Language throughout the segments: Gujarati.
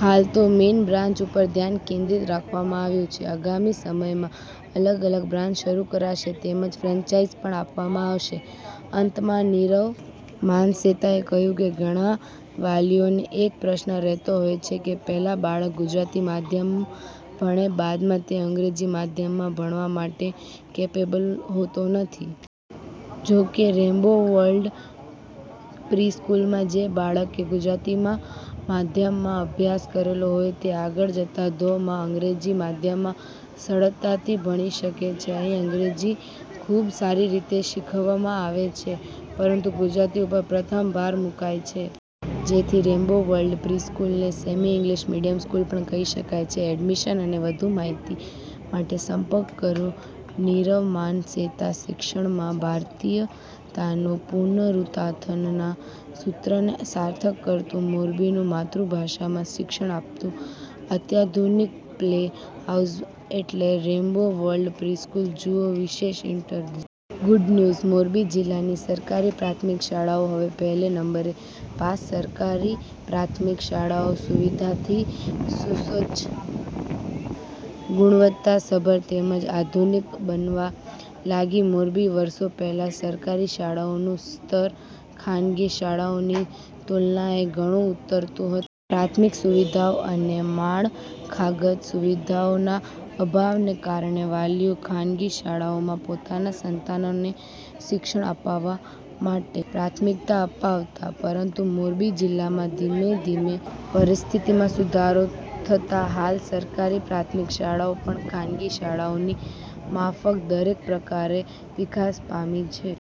હાલ તો મેઈન બ્રાન્ચ ઉપરધ્યાન કેન્દ્રિત રાખવામાં આવ્યું છે. આગામી સમયમાં અલગ અલગ બ્રાન્ચ શરૂ કરાશે તેમજ ફ્રેન્ચાઇઝી પણ આપવામા આવશે. અંતમાં નીરવ માનસેતાએ કહ્યું કે ઘણા વાલીઓને એક પ્રશ્ન રહેતો હોય છે કે પહેલા બાળક ગુજરાતી માધ્યમ ભણે બાદમાં તે અંગ્રેજી માધ્યમમાં ભણવા માટે કેપેબલ હોતો નથી. જો કે રેઈન્બો વર્લ્ડ પ્રિ-સ્કૂલમાં જે બાળકે ગુજરાતીમાં માધ્યમમા અભ્યાસ કરેલો હોય તે આગળ જતા ધો. મા અંગ્રેજી માધ્યમમાં સરળતાથી ભણી શકે છે. અહીં અંગ્રેજી ખુબ સારી રીતે શીખવવામાં આવેછે. પરંતુ ગુજરાતી ઉપર પ્રથમ ભાર મુકાઈ છે. જેથી રેઈન્બો વર્લ્ડ પ્રિ-સ્કૂલને સેમી ઈંગ્લીશ મીડીયમ સ્કૂલ પણ કહી શકાય છે. એડમીશન અને વધુ માહિતી માટે સંપર્ક કરો નીરવ માનસેતાશિક્ષણમાં ભારતીયતાનું પુનરુત્થાનના સૂત્રને સાર્થક કરતું મોરબીનું માતૃભાષામાં શિક્ષણ આપતું અત્યાધુનિક પ્લે હાઉસ એટલે રેઈન્બો વર્લ્ડ પ્રિ-સ્કૂલ, જુઓ વિશેષ ઇન્ટરવ્યૂ। ગુડ ન્યુઝ મોરબી જિલ્લાની સરકારી પ્રાથમિક શાળાઓ હવે પહેલે નંબરે પાસ સરકારી પ્રાથમિક શાળાઓ સુવિધાથી સુસજજ, ગુણવત્તાસભર તેમજ આધુનિક બનવા લાગી મોરબી વરસો પહેલા સરકારી શાળાઓનું સ્તર ખાનગી શાળાઓની તુલનાએ ઘણું ઉતરતું હતું. પ્રાથમિક સુવિધાઓ અને માળખાગત સુવિધાઓના અભાવને કારણે વાલીઓ ખાનગી શાળાઓમાં પોતાના સંતાનોને શિક્ષણ અપાવવા માટે પ્રાથમિકતા આપતા. પરંતુ મોરબી જિલ્લામાં ધીમે ધીમેપરિસ્થિતિમાં સુધારો થતા હાલ સરકારી પ્રાથમિક શાળાઓ પણ ખાનગી શાળાઓની માફક દરેક પ્રકારે વિકાસ પામી છે.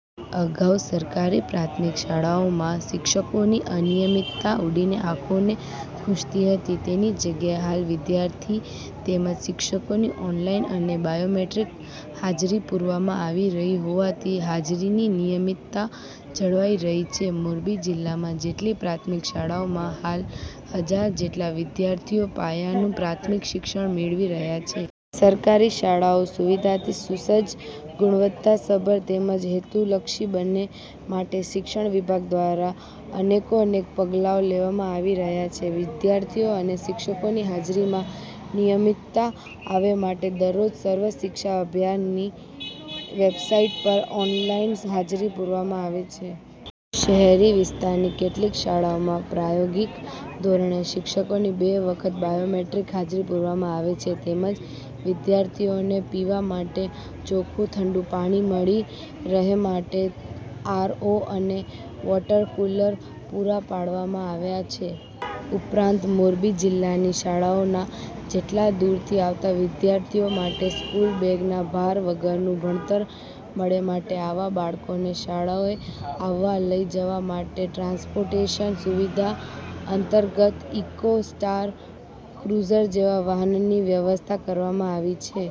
અગાઉ સરકારી પ્રાથમિક શાળાઓમાં શિક્ષકોની અનિયમિતતા ઉડીને આંખોને ખૂંચતી હતી. તેની જગ્યાએ હાલ વિદ્યાર્થી તેમજ શિક્ષકોની ઓનલાઈન અને બાયોમેટ્રિક હાજરી પુરવામાં આવી રહી હોવાથી હાજરીની નિયમિતતા જળવાઈ રહી છે. મોરબી જિલ્લામાં જેટલી પ્રાથમિક શાળાઓમાં હાલ હજાર જેટલા વિદ્યાર્થીઓ પાયાનું પ્રાથમિક શિક્ષણ મેળવી રહ્યા છે. સરકારી શાળાઓ સુવિધાથી સુસજ્જ, ગુણવત્તાસભર તેમજ હેતુલક્ષી બનેમાટે શિક્ષણ વિભાગ દ્વારા અનેકોનેક પગલાંઓ લેવામાં આવી રહ્યા છે. વિદ્યાર્થીઓ અને શિક્ષકોની હાજરીમાં નિયમિતતા આવેમાટે દરરોજ સર્વ શિક્ષા અભ્યાનની વેબસાઈટ પર ઓનલાઈન હાજરી પુરવામાં આવે છે. શહેરી વિસ્તારની કેટલીક શાળાઓમાં પ્રાયોગિક ધોરણે શિક્ષકોની બે વખત બાયોમેટ્રિક હાજરી પુરવામાં આવે છે. તેમજ વિદ્યાર્થીઓને પીવા માટે ચોખ્ખું ઠંડુ પાણી મળી રહેમાટે આર. ઓ. અને વોટરકુલર પુરા પાડવામાં આવ્યા છે. ઉપરાંત મોરબી જિલ્લાની શાળાઓના જેટલા દૂરથી આવતા વિદ્યાર્થીઓ માટે સ્કૂલ બેગના ભાર વગરનું ભણતર મળેમાટે આવા બાળકોને શાળાએ લાવવા લઈ જવા માટે ટ્રાન્સપોર્ટેશન સુવિધા અંતર્ગત ઈકો સ્ટાર, ક્રુઝર જેવા વાહનની વ્યવસ્થા કરવામાં આવી છે.